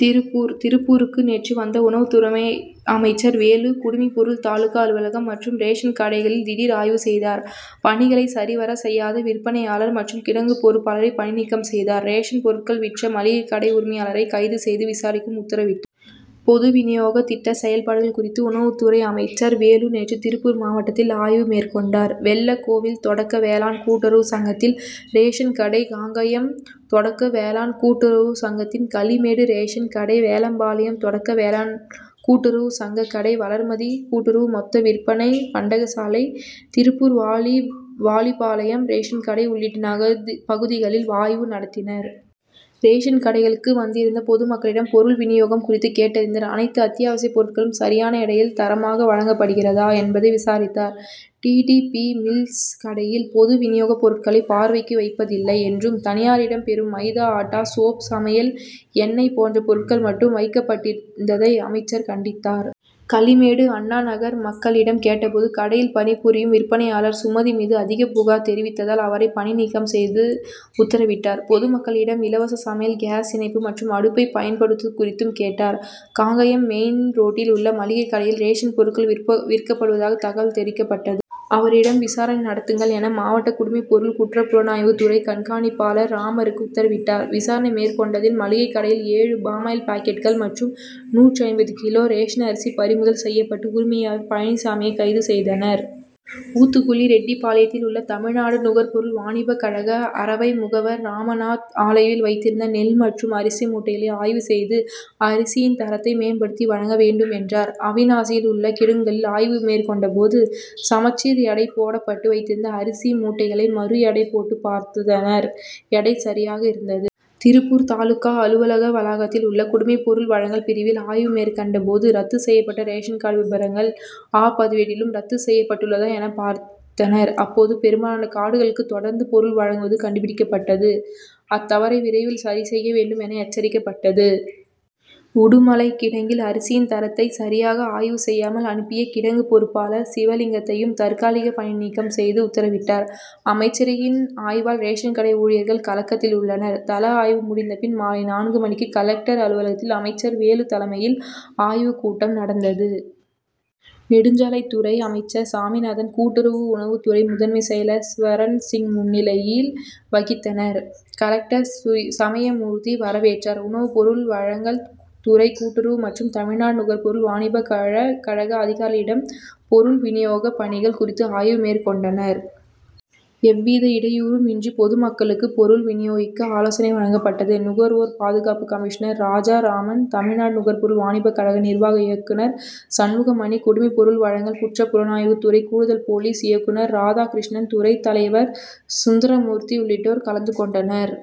திருப்பூர் திருப்பூருக்கு நேற்று வந்த உணவுத்துறமை அமைச்சர் வேலு குடிமைப்பொருள் தாலுகா அலுவலகம் மற்றும் ரேஷன் கடைகளில் திடீர் ஆய்வு செய்தார். பணிகளை சரிவர செய்யாத விற்பனையாளர் மற்றும் கிடங்கு பொறுப்பாளரை பணி நீக்கம் செய்தார். ரேஷன் பொருட்கள் விற்ற மளிகைக் கடை உரிமையாளரை கைது செய்து விசாரிக்கவும் உத்தரவிட். பொது வினியோக திட்ட செயல்பாடுகள் குறித்து உணவுத் துறை அமைச்சர் வேலு நேற்று திருப்பூர் மாவட்டத்தில் ஆய்வு மேற்கொண்டார். வெள்ள கோவில் தொடக்க வேளாண் கூட்டுறவு சங்கத்தின் ரேஷன் கடை காங்கயம் தொடக்க வேளாண் கூட்டுறவு சங்கத்தின் களிமேடு ரேஷன் கடை வேலம்பாளையம் தொடக்க வேளாண் கூட்டுறவு சங்க கடை வளர்மதி கூட்டுறவு மொத்த விற்பனை பண்டகசாலை திருப்பூர் வாலி வாலிபாளையம் ரேஷன் கடை உள்ளிட்ட நகர் பகுதிகளில் வாய்வு நடத்தினார். ரேஷன் கடைகளுக்கு வந் திருந்த பொதுமக்களிடம் பொருள் வினியோகம் குறித்து கேட்டறிந்தார். அனைத்து அத்தி யாவசிய பொருட்களும் சரி யான எடையில் தரமாக வழங்கப்படுகிறதா என்பதையும் விசாரித்தார். டி. டி. பி. மில்ஸ் கடையில் பொது வினியோக பொருட்களை பார்வைக்கு வைப்பதில்லை என்றும் தனியாரிடம் பெறும் மைதா ஆட்டா சோப் சமையல் எண்ணெய் போன்ற பொருட்கள் மட்டும் வைக்கப்பட்டிருந்ததை அமைச்சர் கண்டித்தார். களிமேடு அண்ணா நகர் மக் களிடம் கேட்டபோது கடையில் பணிபுரியும் விற்பனை யாளர் சுமதி மீது அதிக புகார் தெரிவித்ததால் அவரை பணி நீக்கம் செய்து உத்தரவிட்டார். பொதுமக்களிடம் இலவச சமையல் காஸ் இணைப்பு மற்றும் அடுப்பை பயன்படுத்து வது குறித்தும் கேட்டார். காங்கயம் மெயின் ரோட்டில் உள்ள மளிகை கடையில் ரேஷன் பொருட்கள் விற்ப விற்கப் படுவதாக தகவல் தெரிவிக்கப் பட்டது. அவரிடம் விசாரணை நடத்துங்கள் என மாவட்ட குடிமைப்பொருள் குற்றப் புலனாய்வு துறை கண்காணிப் பாளர் ராமருக்கு உத்தரவிட்டார். விசாரணை மேற்கொண்டதில் மளிகை கடையில் ஏழு பாமாயில் பாக்கெட்டுகள் மற்றும் நூற்று ஐம்பது கிலோ ரேஷன் அரிசி பறிமுதல் செய்யப்பட்டு உரிமையாளர் பழனிசாமியை கைது செய்தனர். ஊத்துக்குளி ரெட்டிபாளையத்தில் உள்ள தமிழ்நாடு நுகர்பொருள் வாணிப கழக அரவை முகவர் ராமநாத் ஆலையில் வைத்திருந்த நெல் மற்றும் அரிசி மூட்டைகளை ஆய்வு செய்து அரிசியின் தரத்தை மேம்படுத்தி வழங்க வேண்டும் என்றார். அவிநாசியில் உள்ள கிடங்குகளில் ஆய்வு மேற்கொண்ட போது சமச்சீர் எடை போடப்பட்டு வைத்திருந்த அரிசி மூட்டைகளை மறு எடை போட்டு பார்த்துதனர் எடை சரியாக இருந்தது. திருப்பூர் தாலுகா அலுவலக வளாகத்தில் உள்ள குடிமைப்பொருள் வழங்கல் பிரிவில் ஆய்வு மேற்கொண்ட போது ரத்து செய்யப்பட்ட ரேஷன் கார்டு விபரங்கள் 'அ' பதிவேட்டிலும் ரத்து செய்யப் பட்டுள்ளதா என பார்த்தனர். அப்போது பெரும்பாலான கார்டுகளுக்கு தொடர்ந்து பொருள் வழங்குவது கண்டுபிடிக்கப்பட்டது அத்தவறை விரைவில் சரி செய்ய வேண்டுமென எச்சரிக்கப்பட்டது. உடுமலை கிடங்கில் அரிசியின் தரத்தை சரியாக ஆய்வு செய்யாமல் அனுப்பிய கிடங்கு பொறுப்பாளர் சிவ லிங்கத்தையும் தற்காலிக பணி நீக்கம் செய்து உத்தரவிட்டார். அமைச்சரின் ஆய்வால் ரேஷன் கடை ஊழியர்கள் கலக்கத்தில் உள்ளனர். தல ஆய்வு முடிந்தபின் மாலை நான்கு மணிக்கு கலெக்டர் அலுவலகத்தில் அமைச்சர் வேலு தலமையில் ஆய்வு கூட்டம் நடந்தது. நெடுஞ்சாலைத் துறை அமைச்சர் சாமிநாதன் கூட்டுறவு உணவுத் துறை முதன்மை செயலர் ஸ்வரன்சிங் முன்னிலை வகித்தனர். கலெக்டர் சமயமூர்த்தி வர வேற்றார். உணவு பொருள் வழங்கல் துறை கூட்டுறவு மற்றும் தமிழ்நாடு நுகர்பொருள் வாணிப கழ கழக அதிகாளிடம் பொருள் வினியோக பணிகள் குறித்து ஆய்வு மேற்கொண்டனர். எவ்வித இடையூறும் இன்றி பொதுமக்களுக்கு பொருள் வினியோகிக்க ஆலோசனை வழங்கப்பட்டது. நுகர்வோர் பாதுகாப்பு கமிஷனர் ராஜா ராமன் தமிழ்நாடு நுகர்பொருள் வாணிப கழக நிர்வாக இயக்குனர் சண்முகமணி குடிமைப் பொருள் வழங்கல் குற்றப் புலனாய்வுத்துறை கூடுதல் போலீஸ் இயக்குனர் ராதா கிருஷ்ணன் துறை தலைவர் சுந்தரமூர்த்தி உள்ளிட்டோர் கலந்துகொண்டனர்.